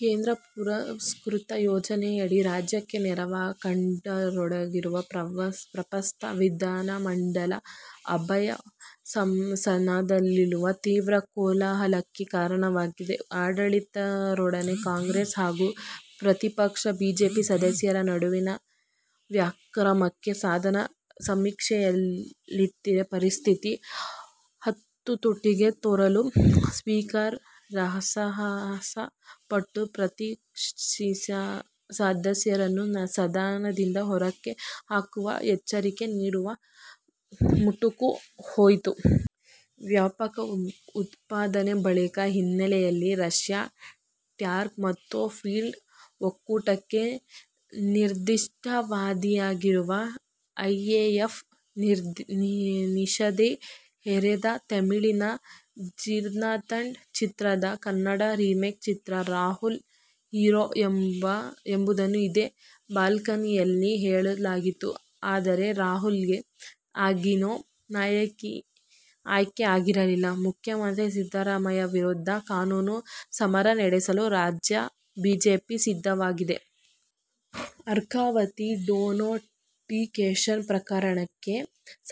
ಕೇಂದ್ರ ಪುರಸ್ಕೃತ ಯೋಜನೆಗಳಡಿ ರಾಜ್ಯಕ್ಕೆ ನೆರವು ಕಡಿತಗೊಂಡಿರುವ ಪ್ರಸ್ತಾಪ ವಿಧಾನಮಂಡಲದ ಉಭಯ ಸದನಗಳಲ್ಲಿ ತೀವ್ರ ಕೋಲಾಹಲಕ್ಕೆ ಕಾರಣವಾಗಿ ಆಡಳಿತಾರೂಢ ಕಾಂಗ್ರೆಸ್ ಹಾಗೂ ಪ್ರತಿಪಕ್ಷ ಬಿಜೆಪಿ ಸದಸ್ಯರ ನಡುವಿನ ವಾಕ್ಸಮರಕ್ಕೆ ಸದನ ಸಾಕ್ಷಿಯಾಯಿತಲ್ಲದೆ ಪರಿಸ್ಥಿತಿ ಹತೋಟಿಗೆ ತರಲು ಸ್ಪೀಕರ್ ಹರಸಾಹಸ ಪಟ್ಟು ಪ್ರತಿಪಕ್ಷ ಸದಸ್ಯರನ್ನು ಸದನದಿಂದ ಹೊರಕ್ಕೆ ಹಾಕುವ ಎಚ್ಚರಿಕೆ ನೀಡುವ ಮಟ್ಟಕ್ಕೂ ಹೋಯಿತು. ವ್ಯಾಪಕ ಉದ್ದೀಪನ ಬಳಕೆ ಹಿನ್ನೆಲೆಯಲ್ಲಿ ರಶ್ಯ ಟ್ರ್ಯಾಕ್ ಮತ್ತು ಫೀಲ್ಡ್ ಒಕ್ಕೂಟಕ್ಕೆ ಅನಿರ್ದಿಷ್ಟಾವಧಿಯವರೆಗೆ ಐಎಎಎಫ್ ನಿಷೇಧ ಹೇರಿದೆ. ತಮಿಳಿನ 'ಜಿಗರ್ಥಂಡ' ಚಿತ್ರದ ಕನ್ನಡ ರೀಮೇಕ್ ಚಿತ್ರಕ್ಕೆ ರಾಹುಲ್ ಹೀರೋ ಎಂಬುದನ್ನು ಇದೇ 'ಬಾಲ್ಕನಿ'ಯಲ್ಲಿ ಹೇಳಲಾಗಿತ್ತು. ಆದರೆ, ರಾಹುಲ್ಗೆ ಆಗಿನ್ನೂ ನಾಯಕಿಯ ಆಯ್ಕೆ ಆಗಿರಲಿಲ್ಲ. ಮುಖ್ಯಮಂತ್ರಿ ಸಿದ್ಧರಾಮಯ್ಯ ವಿರುದ್ದ ಕಾನೂನು ಸಮರ ನಡೆಸಲು ರಾಜ್ಯ ಬಿಜೆಪಿ ಸಿದ್ದವಾಗಿದೆ. ಆರ್ಕಾವತಿ ಡಿನೋಟಿಫಿಕೇಶನ್ ಪ್ರಕರಣಕ್ಕೆ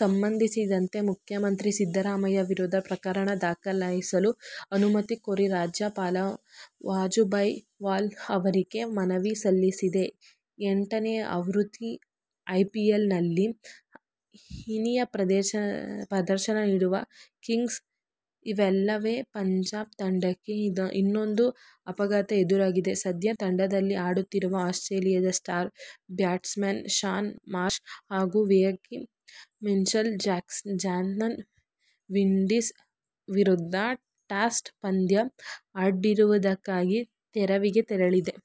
ಸಂಬಂಧಿಸಿದಂತೆ ಮುಖ್ಯಮಂತ್ರಿ ಸಿದ್ದರಾಮಯ್ಯ ವಿರುದ್ದ ಪ್ರಕರಣ ದಾಖಲಿಸಲು ಅನುಮತಿ ಕೋರಿ ರಾಜ್ಯಪಾಲ ವಜುಭಾಯಿ ವಾಲಾ ಅವರಿಗೆ ಮನವಿ ಸಲ್ಲಿಸಲಿದೆ. ಎಂಟನೇ ಆವೃತ್ತಿ ಐಪಿಎಲ್ ನಲ್ಲಿ ಹೀನಾಯ ಪ್ರದರ್ಶನ ನೀಡುತ್ತಿರುವ ಕಿಂಗ್ಸ್ ಇಲೆವೆನ್ ಪಂಜಾಬ್ ತಂಡಕ್ಕೆ ಇನ್ನೊಂದು ಆಘಾತ ಎದುರಾಗಿದೆ. ಸದ್ಯ ತಂಡದಲ್ಲಿ ಆಡುತ್ತಿರುವ ಆಸ್ಟ್ರೇಲಿಯಾದ ಸ್ಟಾರ್ ಬ್ಯಾಟ್ಸ್ಮನ್ ಶಾನ್ ಮಾರ್ಷ್ ಹಾಗೂ ವೇಗಿ ಮಿಚೆಲ್ ಜಾನ್ಸನ್ ವಿಂಡೀಸ್ ವಿರುದ್ಧ ಟೆಸ್ಟ್ ಪಂದ್ಯ ಆಡುವುದಕ್ಕಾಗಿ ತವರಿಗೆ ತೆರಳಿದ್ದಾರೆ.